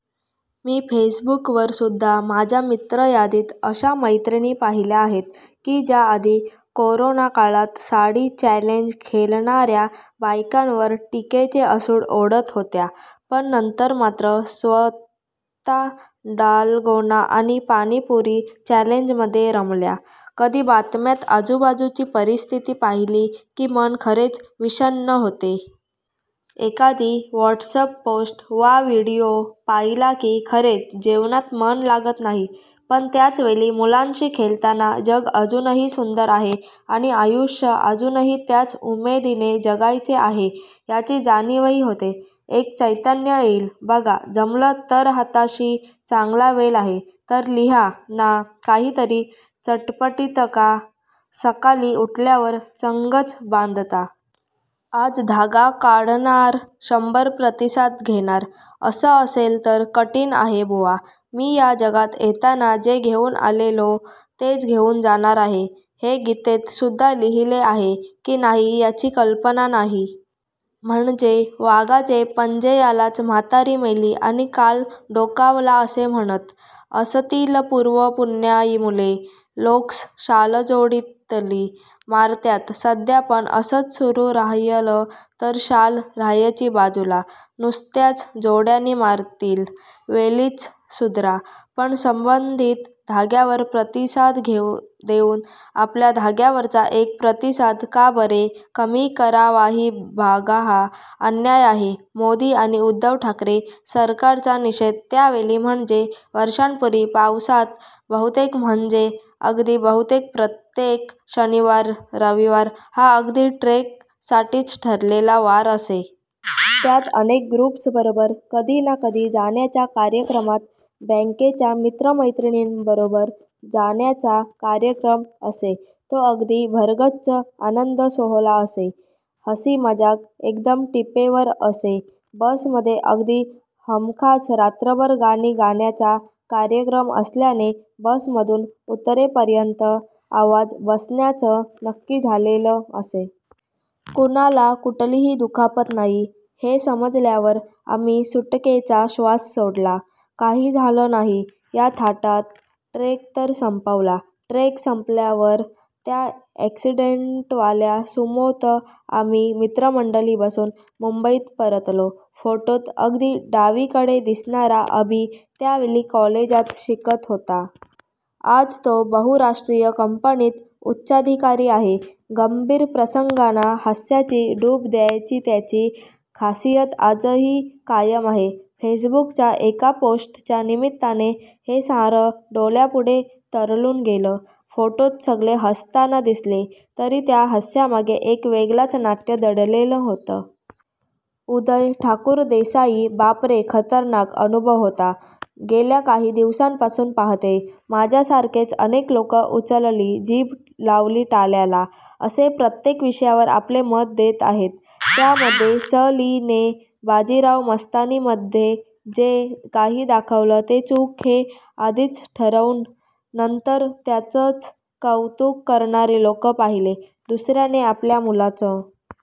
मी फेसबूकवर् सुद्धा माझ्या मित्रयादीत अश्या मैत्रीणी पाहिल्या आहेत की ज्या आधी कोरोनाकाळात साडी चॅलेंज खेळणारया बायकांवर टिकेचे असूड ओढत होत्या. पण नंतर मात्र स्व्त: डालगोना आणि पाणीपुरी चॅलेंजमध्ये रमल्या.. कधी बातम्यात आजूबाजूची परिस्थिती पाहिली की मन खरेच विषण्ण होते. एखादी व्हॉटसपपोस्ट वा विडिओ पाहिला की खरेच जेवणात मन लागत नाही. पण त्याचवेळी मुलांशी खेळताना जग अजूनही सुंदर आहे आणि आयुष्य अजूनही त्याच उमेदीने जगायचे आहे याची जाणीवही होते. एक चैतन्य येईल ^बघा जमलं तरहाताशी चांगला वेळ आहे तर लिहा ना काहीतरी चटपटीतका सकाळी उठल्यावर चंगच बांधता.. आज धागा काढणार शंभर प्रतिसाद घेणार.. असं असेल तर कठिण आहे बुआ.. मी या जगात येताना जे घेऊन आलेलो तेच घेऊन जाणार आहे. हे गीतेत सुद्धा लिहिले आहे की नाही याची कल्पना नाही. म्हणजे वाघाचे पंजेयालाच म्हातारी मेली आणि काळ डोकावला असे म्हणत असतीलपुर्वपुण्याईमुळे लोक्स शालजोडीतली मारत्यात सध्या पण असच सुरू राह्यलं तर शाल राह्यची बाजूला, नुसत्याच जोड्यानी मारतील. वेळीच सुद्रा. पण संबंधित धाग्यावर प्रतिसाद देऊन आपल्या धाग्यावरचा एक प्रतिसाद का बरे कमी करावाहि बघाहा अन्याय आहे, मोदी आणि उद्धव ठाकरे सरकारचा निषेध त्यावेळी म्हणजे वर्षांपूर्वी पावसात बहुतेक म्हंजे अगदी बहुतेक प्रत्येक शनिवार-रविवार हा अगदी ट्रेक साठीच ठरलेला वार असे. त्यात अनेक ग्रुप्सबरोबर कधी ना कधी जाण्याच्या कार्यक्रमात बँकेच्या मित्रमैत्रिणींबरोबर जाण्याचा कार्यक्रम असे. तो अगदी भरगच्च आनंदसोहोळा असे. हसी-मजाक एकदम टीपेवर असे. बसमधे अगदी हमखास रात्रभर गाणी गाण्याचा कार्यक्रम असल्याने बसमधून उतरेपर्यंत आवाज बसण्याचं नक्की झालेलं असे. कुणाला कुठलीही दुखापत नाही हे समजल्यावर आम्ही सुटकेचा श्वास सोडला. काही झालं नाही या थाटात ट्रेक तर संपवला. ट्रेक संपल्यावर 'त्या ' ऍक्सिडेंटवाल्या सुमो त आम्ही मित्रमंडळी बसून मुंबईत परतलो. फोटोत अगदी डावीकडे दिसणारा अभि त्यावेळी कॉलेजात शिकत होता. आज तो बहुराष्ट्रीय कंपनीत उच्चाधिकारी आहे. गंभीर प्रसंगांना हास्याची डूब द्यायची त्याची खासियत आजही कायम आहे. फेसबुक च्या एका पोस्ट च्या निमित्ताने हे सारं डोळ्यापुढे तरळून गेलं. फोटोत सगळे हसताना दिसले तरी त्या हास्यामागे एक वेगळाच नाट्य दडलेलं होतं. उदय ठाकूरदेसाई. बापरे खतरनाक अनुभव होता. गेल्या काही दिवसांपासून पाहतेय, माझ्यासारखेच अनेक लोक 'उचलली जीभ लावली टाळ्याला' असे प्रत्येक विषयावर आपले मत देत आहेत. त्यामध्ये, स. ली. ने बाजीराव मस्तानी मध्ये जे काही दाखवलं ते चूक हे आधीच ठरवून, नंतर त्याचंच कौतुक करणारे लोक पाहिले. दुसऱ्याने आपल्या मुलाचं